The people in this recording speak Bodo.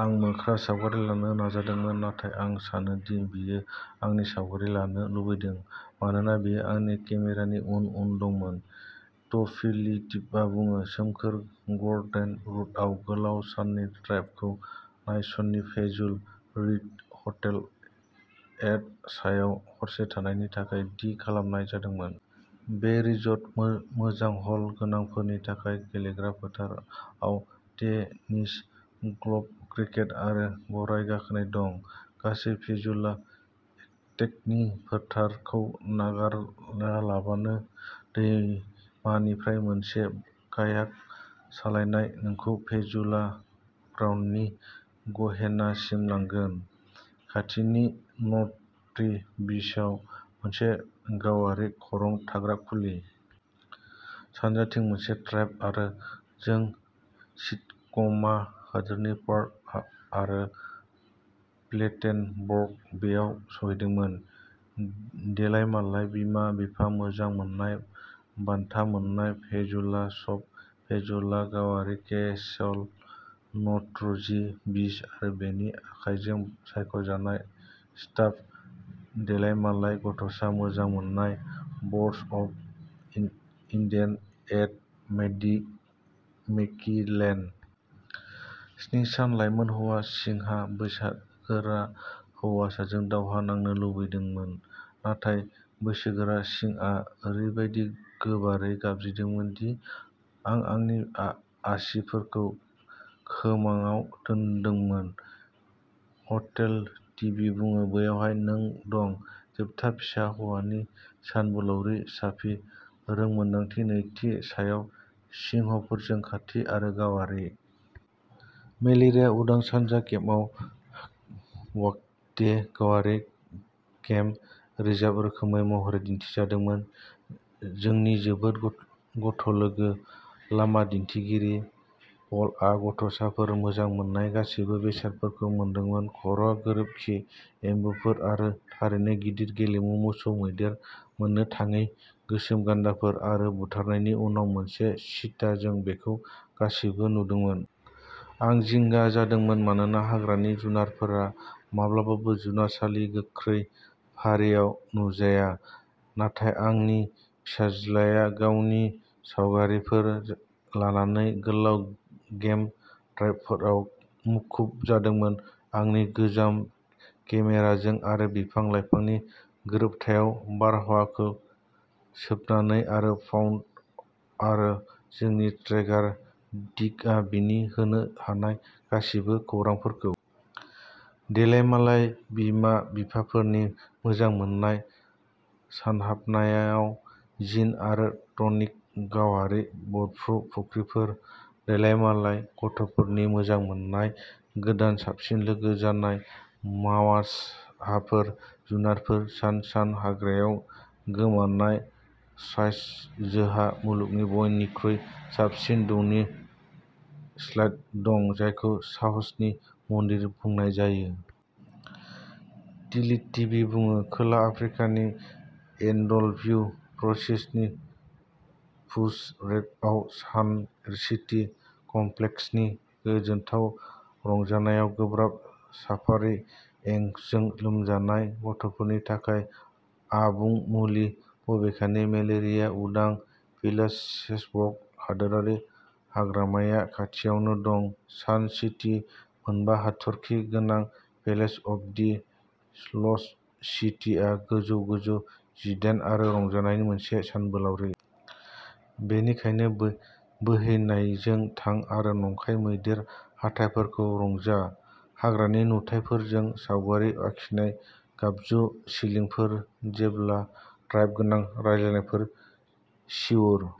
आं मोख्राखौ सावगारि लानो नाजादोंमोन, नाथाय आं सानो दि बियो आंनि सावगारि लानो लुबैदोंमोन, मानोना बियो आंनि केमेरानि उन उन दंमोन। टिएलटिबिआ बुङोः सोमखोर गार्डेन रुटआव गोलाव साननि ड्राइभखौ नाइस्नानि पेजुला रिसर्ट हटेल एन्ड स्पायाव हरसे थानायनि थाखाय दि खालामनाय जादोंमोन। बे रिसर्ट, मोजां हिल गोनांफोरनि थाखाय गेलेग्रा फोथार आव टेनिस, गल्फ, क्रिकेट आरो गराय गाखोनाय दं, गासैबो पेजुला एस्टेटनि फोथारखौ नागारालाबानो। दैमानिफ्राय मोनसे कायाक सालायनाय नोंखौ पेजुला क्राउननि गहेनासिम लांगोनः खाथिनि न'एट्जी बीचआव मोनसे गावारि खरं थाग्रा खुलि। सानजाथिं मोनसे ड्राइभ आरो जों सितस्कम्मा हादोरारि पार्क आरो प्लेटेनबर्ग बेआव सौहैदोंमोन। देलायमालाय बिमा-बिफा मोजां मोननायः बान्था मोन्नाय पेजुला स्पा; पेजुला गावारि केसल; न'एट्जी बीच आरो बेनि आखायजों सायख'जानाय स्टाफ। देलायमालाय गथ'सा मोजां मोन्नायः birds of Eden and Monkeyland. स्नि सानः लाइमोन हौवा सिंहआ बैसोगोरा हौवासाजों दावहा नांनो लुबैदोंमोन, नाथाय बैसोगोरा सिंहआ ओरैबायदि गोबारै गाबज्रिदोंमोन दि आं आंनि आसिफोरखौ खोमाङाव दोन्दोंमोन। टिएलटिबि बुङोः बेवहाय नों दंः जोबथा फिसा हौवासानि सानबोलावरि-साफारि रोंमोन्दांथिनि नैथि सानाव सिंहफोरजों खाथि आरो गावारि। मेलेरिया-उदां सानजा केपआव क्वान्डवे गावारि गेम रिजार्भआ रोखोमसे महरै दिन्थिजादोंमोन। जोंनि जोबोद गथ'लोगो लामा दिन्थिगिरि, पलआ गथ'साफोरा मोजां मोननाय गासैबो बेसादफोरखौ मोनदोंमोनः खर', गोबोरखि एम्बुफोर आरो थारैनो गिदिर गेलेमु। मोसौ मैदेर, मोननो थाङै गोसोम गान्दाफोर, आरो बुथारनायनि उनाव मोनसे चीता-जों बेखौ गासैबो नुदोंमोन। आं जिंगा जादोंमोन मानोना हाग्रानि जुनारफोरा माब्लाबाबो जुनारसालि-गोख्रै फारिआव नुजाया। नाथाय आंनि फिसाज्लाया गावनि सावगारिफोर लानानै गोलाव गेम ड्राइभफोराव मुखुब जादोंमोन। आंनि गोजाम केमेराजों, आरो बिफां-लाइफांनि गोसोबोथाव बारहावाखौ सोबनानै आरो पाउल आरो जोंनि ट्रेकार डिग्बीआ बिनो होनो हानाय गासिबो खौरांफोरखौ। देलायमालाय बिमा-बिफाफोरनि मोजां मोन्नायः सानहाबनायाव जिन आरो टनिक; गावारि बाज्रुम फुख्रिफोर। देलायमालाय गथ'फोरनि मोजां मोन्नायः गोदान-साबसिन लोगो जानाय मावसाफोर; जुनारफोर। सान सानः हाग्रायाव गोमानाय साम्रायजोहा मुलुगनि बयनिख्रुइ साबसिन दैनि स्लाइड दं जायखौ साहसनि मन्दिर बुंनाय जायो। टिएलटिबि बुङोः खोला आफ्रिकानि एनडब्लिउ प्रभिन्सनि बुशभेल्डआव सान सिटी कमप्लेक्सनि गोमोथाव रंजानायआ गोब्राब साफारि-इंगजों लोमजानाय गथ'फोरनि थाखाय आबुं मुलि, बबेखानि मेलेरिया-उदां पिलानेसबार्ग हादोरारि हाग्रामाया खाथियावनो दं। सान सिटीनि मोनबा हाथरखि गोनां पेलेस अफ दि लस्ट सिटीआ गोजौ-गोजौ डिजाइन आरो रंजानायनि मोनसे सानबोलावरि। बेनिखायनो बो-बोहैनायजों थां आरो नंखाय मैदेर हाथाइफोरखौ रंजा, हाग्रानि नुथायफोरजों सावगारि आखिनाय गम्बुज सिलिंफोर, जेब्रा स्ट्राइप गोनां राजउलाफादफोर... सिउर।